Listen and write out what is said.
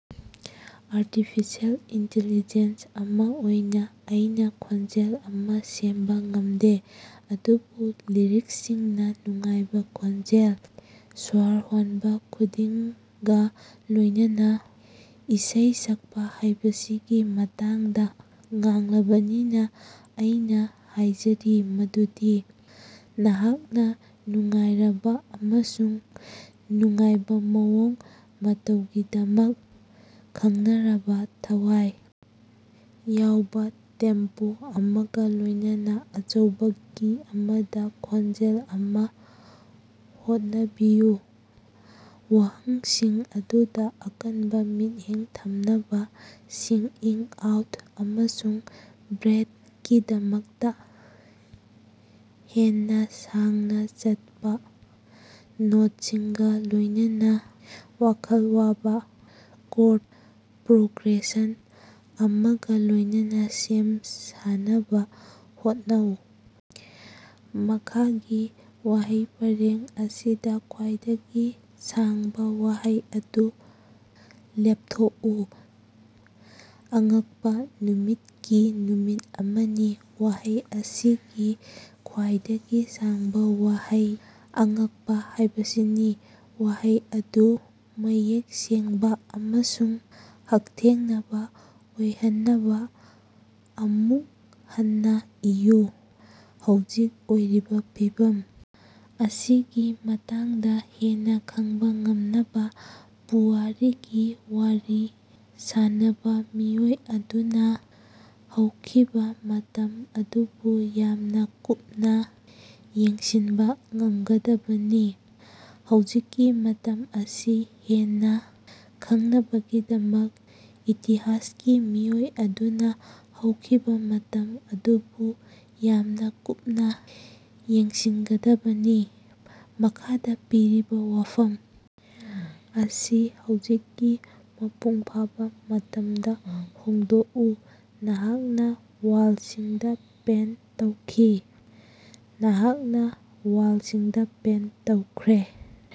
Artificial intelligence ꯑꯃꯥ ꯑꯣꯏꯅꯥ ꯑꯩꯅꯥ ꯈꯣꯟꯖꯦꯜ ꯑꯃꯥ ꯁꯦꯝꯕꯥ ꯉꯝꯗꯦ, ꯑꯗꯨꯕꯨ ꯂꯤꯔꯤꯛꯁꯁꯤꯡꯅꯥ ꯅꯨꯡꯉꯥꯏꯕꯥ ꯈꯣꯟꯖꯦꯜ, ꯁ꯭ꯋꯥꯔ ꯍꯣꯟꯕꯥ ꯈꯨꯗꯤꯡꯒꯥ ꯂꯣꯏꯅꯅꯥ ꯏꯁꯩ ꯁꯛꯄꯥ ꯍꯥꯏꯕꯁꯤꯒꯤ ꯃꯇꯥꯡꯗꯥ ꯉꯥꯡꯂꯕꯅꯤꯅꯥ, ꯑꯩꯅꯥ ꯍꯥꯏꯖꯔꯤ ꯃꯗꯨꯗꯤ ꯅꯍꯥꯛꯅꯥ ꯅꯨꯡꯉꯥꯏꯔꯕꯥ ꯑꯃꯁꯨꯡ ꯅꯨꯡꯉꯥꯏꯕꯥ ꯃꯑꯣꯡ ꯃꯇꯧꯒꯤꯗꯃꯛ ꯈꯪꯅꯔꯕꯥ, ꯊꯋꯥꯏ ꯌꯥꯎꯕꯥ ꯇꯦꯝꯄꯣ ꯑꯃꯒꯥ ꯂꯣꯏꯅꯅꯥ ꯑꯆꯧꯕꯥ ꯀꯤ ꯑꯃꯗꯥ ꯈꯣꯟꯖꯦꯜ ꯑꯃꯥ ꯍꯣꯠꯅꯕꯤꯌꯨ꯫ ꯋꯥꯍꯩꯁꯤꯡ ꯑꯗꯨꯗꯥ ꯑꯀꯟꯕꯥ ꯃꯤꯠꯌꯦꯡ ꯊꯝꯅꯕꯥ, ꯁꯤꯡ-ꯏꯪ-ꯑꯥꯎꯠ ꯑꯃꯁꯨꯡ ꯕ꯭ꯔꯦꯠ ꯀꯤꯗꯃꯛꯇꯥ ꯍꯦꯟꯅꯥ ꯁꯥꯡꯅꯥ ꯆꯠꯄꯥ ꯅꯣꯠꯁꯤꯡꯒꯥ ꯂꯣꯏꯅꯅꯥ ꯋꯥꯈꯜ ꯋꯥꯕꯥ ꯀꯣꯔꯗ ꯄ꯭ꯔꯣꯒ꯭ꯔꯦꯁꯟ ꯑꯃꯒꯥ ꯂꯣꯏꯅꯅꯥ ꯁꯦꯝ ꯁꯥꯅꯕꯥ ꯍꯣꯠꯅꯧ꯫ ꯃꯈꯥꯒꯤ ꯋꯥꯍꯩ ꯄꯔꯦꯡ ꯑꯁꯤꯗꯥ ꯈ꯭ꯋꯥꯏꯗꯒꯤ ꯁꯥꯡꯕꯥ ꯋꯥꯍꯩ ꯑꯗꯨ ꯂꯦꯞꯊꯣꯛꯎ꯫ ꯑꯉꯛꯄꯥ ꯅꯨꯃꯤꯠꯀꯤ ꯅꯨꯃꯤꯠ ꯑꯃꯅꯤ꯫ ꯋꯥꯍꯩ ꯑꯁꯤꯒꯤ ꯈ꯭ꯋꯥꯏꯗꯒꯤ ꯁꯥꯡꯕꯥ ꯋꯥꯍꯩ "ꯑꯉꯛꯄꯥ" ꯍꯥꯏꯕꯁꯤꯅꯤ꯫ ꯋꯥꯍꯩ ꯑꯗꯨ ꯃꯌꯦꯛ ꯁꯦꯡꯕꯥ ꯑꯃꯁꯨꯡ ꯍꯛꯊꯦꯡꯅꯕꯥ ꯑꯣꯏꯍꯟꯅꯕꯥ ꯑꯃꯨꯛ ꯍꯟꯅꯥ ꯏꯌꯨ꯫ ꯍꯧꯖꯤꯛ ꯑꯣꯏꯔꯤꯕꯥ ꯐꯤꯚꯝ ꯑꯁꯤꯒꯤ ꯃꯇꯥꯡꯗꯥ ꯍꯦꯟꯅꯥ ꯈꯪꯕꯥ ꯉꯝꯅꯕꯥ ꯄꯨꯋꯥꯔꯤꯒꯤ ꯋꯥꯔꯤ ꯁꯥꯅꯕꯥ ꯃꯤꯑꯣꯏ ꯑꯗꯨꯅꯥ ꯍꯧꯈꯤꯕꯥ ꯃꯇꯝ ꯑꯗꯨꯕꯨ ꯌꯥꯝꯅꯥ ꯀꯨꯞꯅꯥ ꯌꯦꯡꯁꯤꯟꯕꯥ ꯉꯝꯒꯗꯕꯅꯤ꯫ ꯍꯧꯖꯤꯛꯀꯤ ꯃꯇꯝ ꯑꯁꯤ ꯍꯦꯟꯅꯥ ꯈꯪꯅꯕꯒꯤꯗꯃꯛ ꯏꯇꯤꯍꯥꯁꯀꯤ ꯃꯤꯑꯣꯏ ꯑꯗꯨꯅꯥ ꯍꯧꯈꯤꯕꯥ ꯃꯇꯝ ꯑꯗꯨꯕꯨ ꯌꯥꯝꯅꯥ ꯀꯨꯞꯅꯥ ꯌꯦꯡꯁꯤꯟꯒꯗꯕꯅꯤ꯫ꯃꯈꯥꯗꯥ ꯄꯤꯔꯤꯕꯥ ꯋꯥꯐꯝ ꯑꯁꯤ ꯍꯧꯖꯤꯛꯀꯤ ꯃꯄꯨꯡ ꯐꯥꯕꯥ ꯃꯇꯝꯗꯥ ꯍꯣꯡꯗꯣꯛꯎ꯫ ꯃꯍꯥꯛꯅꯥ ꯋꯥꯜꯁꯤꯡꯗꯥ ꯄꯦꯟꯇ ꯇꯧꯈꯤ꯫ ꯃꯍꯥꯛꯅꯥ ꯋꯥꯜꯁꯤꯡꯗꯥ ꯄꯦꯟꯇ ꯇꯧꯈ꯭ꯔꯦ꯫